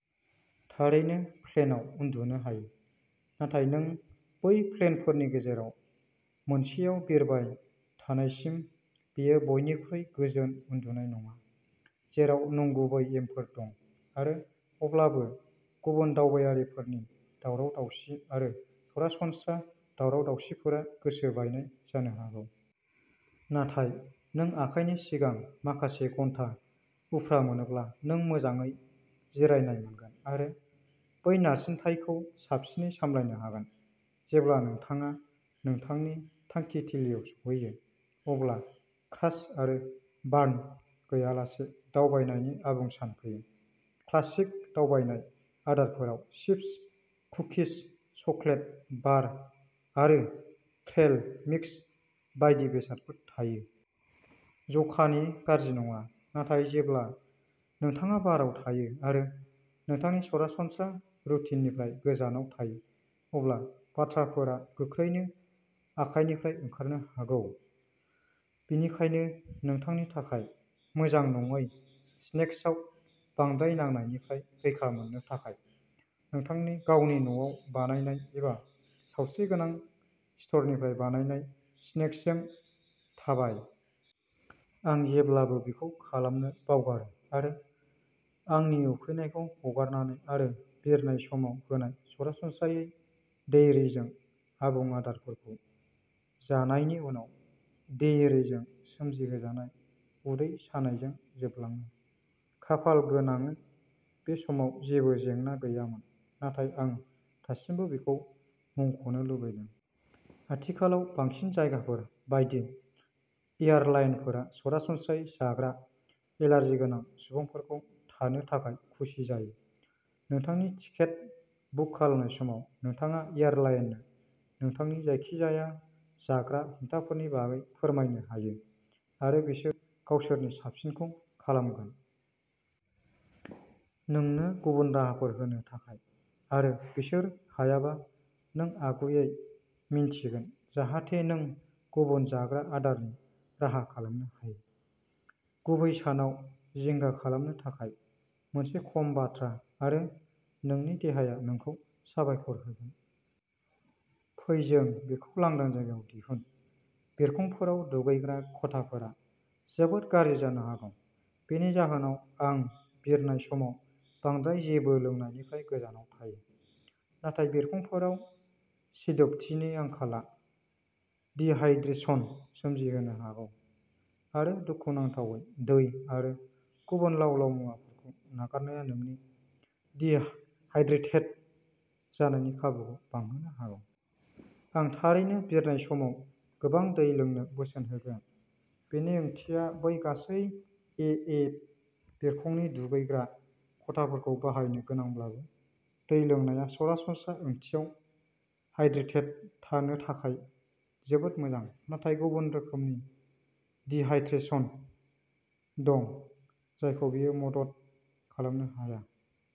थारैनो, प्लेनआव उन्दुनो हायो, नाथाय नों बै प्लेनफोरनि गेजेराव मोनसेआव बिरबाय थानायसिम बेयो बयनिख्रुइ गोजोन उन्दुनाय नङा, जेराव नंगुबै एमफोर दं। आरो अब्लाबो, गुबुन दावबायारिफोरनि दावराव-दावसि आरो सरासनस्रा दावराव-दावसिफोरा गोसो बायनाय जानो हागौ। नाथाय, नों आखाइनि सिगां माखासे घन्टा उफ्रा मोनोब्ला नों मोजाङै जिरायनाय मोनगोन आरो बै नारसिनथायखौ साबसिनै सामलायनो हागोन। जेब्ला नोंथाङा नोंथांनि थांखिथिलियाव सौहैयो अब्ला क्रास आरो बार्न गैयालासे दावबायनायनि आबुं सान फैयो। क्लासिक दावबायनाय आदारफोराव चिप्स, कुकिज, चकलेट बार आरो ट्रेल मिक्स बायदि बेसादफोर थायो। जखानि गाज्रि नङा, नाथाय जेब्ला नोंथाङा बाराव थायो आरो नोंथांनि सरासनस्रा रुटिननिफ्राय गोजानाव थायो अब्ला बाथ्राफोरा गोख्रैनो आखायनिफ्राय ओंखारनो हागौ। बेनिखायनो नोंथांनि थाखाय मोजां नङै स्नेक्सआव बांद्राय नांनायनिफ्राय रैखा मोननो थाखाय, नोंथांनि गावनि न'आव बानायनाय एबा सावस्रिगोनां स्ट'रनिफ्राय बायनाय स्नेक्सजों थाबाय। आं जेब्लाबो बेखौ खालामनो बावगारो आरो आंनि उखैनायखौ हगारनानै आरो बिरनाय समाव होनाय सरासनस्रायै डेयरीजों आबुं आदारफोरखौ जानायनि उनाव डेयरीजों सोमजिहोजानाय उदै सानायजों जोबलाङो। खाफालगोनांै, बे समाव जेबो जेंना गैयामोन, नाथाय आं दासिमबो बेखौ मुंख'नो लुबैदों। आथिखालाव बांसिन जायगाफोर बायदि, एयारलाइनफोरा सरासनस्रायै जाग्रा एलार्जि गोनां सुबुंफोरखौ थानो थाखाय खुसि जायो। नोंथांनि टिकेट बुक खालामनाय समाव, नोंथाङा एयारलाइननो नोंथांनि जायखिजाया जाग्रा हेंथाफोरनि बागै फोरमायनो हायो आरो बिसोरो गावसोरनि साबसिनखौ खालामगोन। नोंनो गुबुन राहाफोर होनो थाखाय। आरो बिसोर हायाबा नों आगुयै मिन्थिगोन जाहाथे नों गुबुन जाग्रा आदारनि राहा खालामनो हायो। गुबै सानाव जिंगा खालामनो थाखाय मोनसे खम बाथ्रा आरो नोंनि देहाया नोंखौ साबायखर होगोन। फै जों बेखौ लांदां जायगायाव दिहुनः बिरखंफोराव दुगैग्रा खथाफोरा जोबोद गाज्रि जानो हागौ। बेनि जाहोनाव, आं बिरनाय समाव बांद्राय जेबो लोंनायनिफ्राय गोजानाव थायो। नाथाय बिरखंफोराव सिदोबथिनि आंखालआ डिहाइड्रेशन सोमजिहोनो हागौ। आरो दुखुनांथावै, दै आरो गुबुन लाव-लाव मुवाफोरखौ नागारनाया नोंनि डिहाइड्रेटेड जानायनि खाबुखौ बांहोनो हागौ। आं थारैनो बिरनाय समाव गोबां दै लोंनो बोसोन होगोन। बेनि ओंथिया बै गासै एएफ बिरखंनि दुगैग्रा खथाफोरखौ बाहायनो गोनांब्लाबो। दै लोंनाया सरासनस्रा ओंथियाव हाइड्रेटेड थानो थाखाय जोबोद मोजां, नाथाय गुबुन रोखोमनि डिहाइड्रेशन दं जायखौ बेयो मदद खालामनो हाया।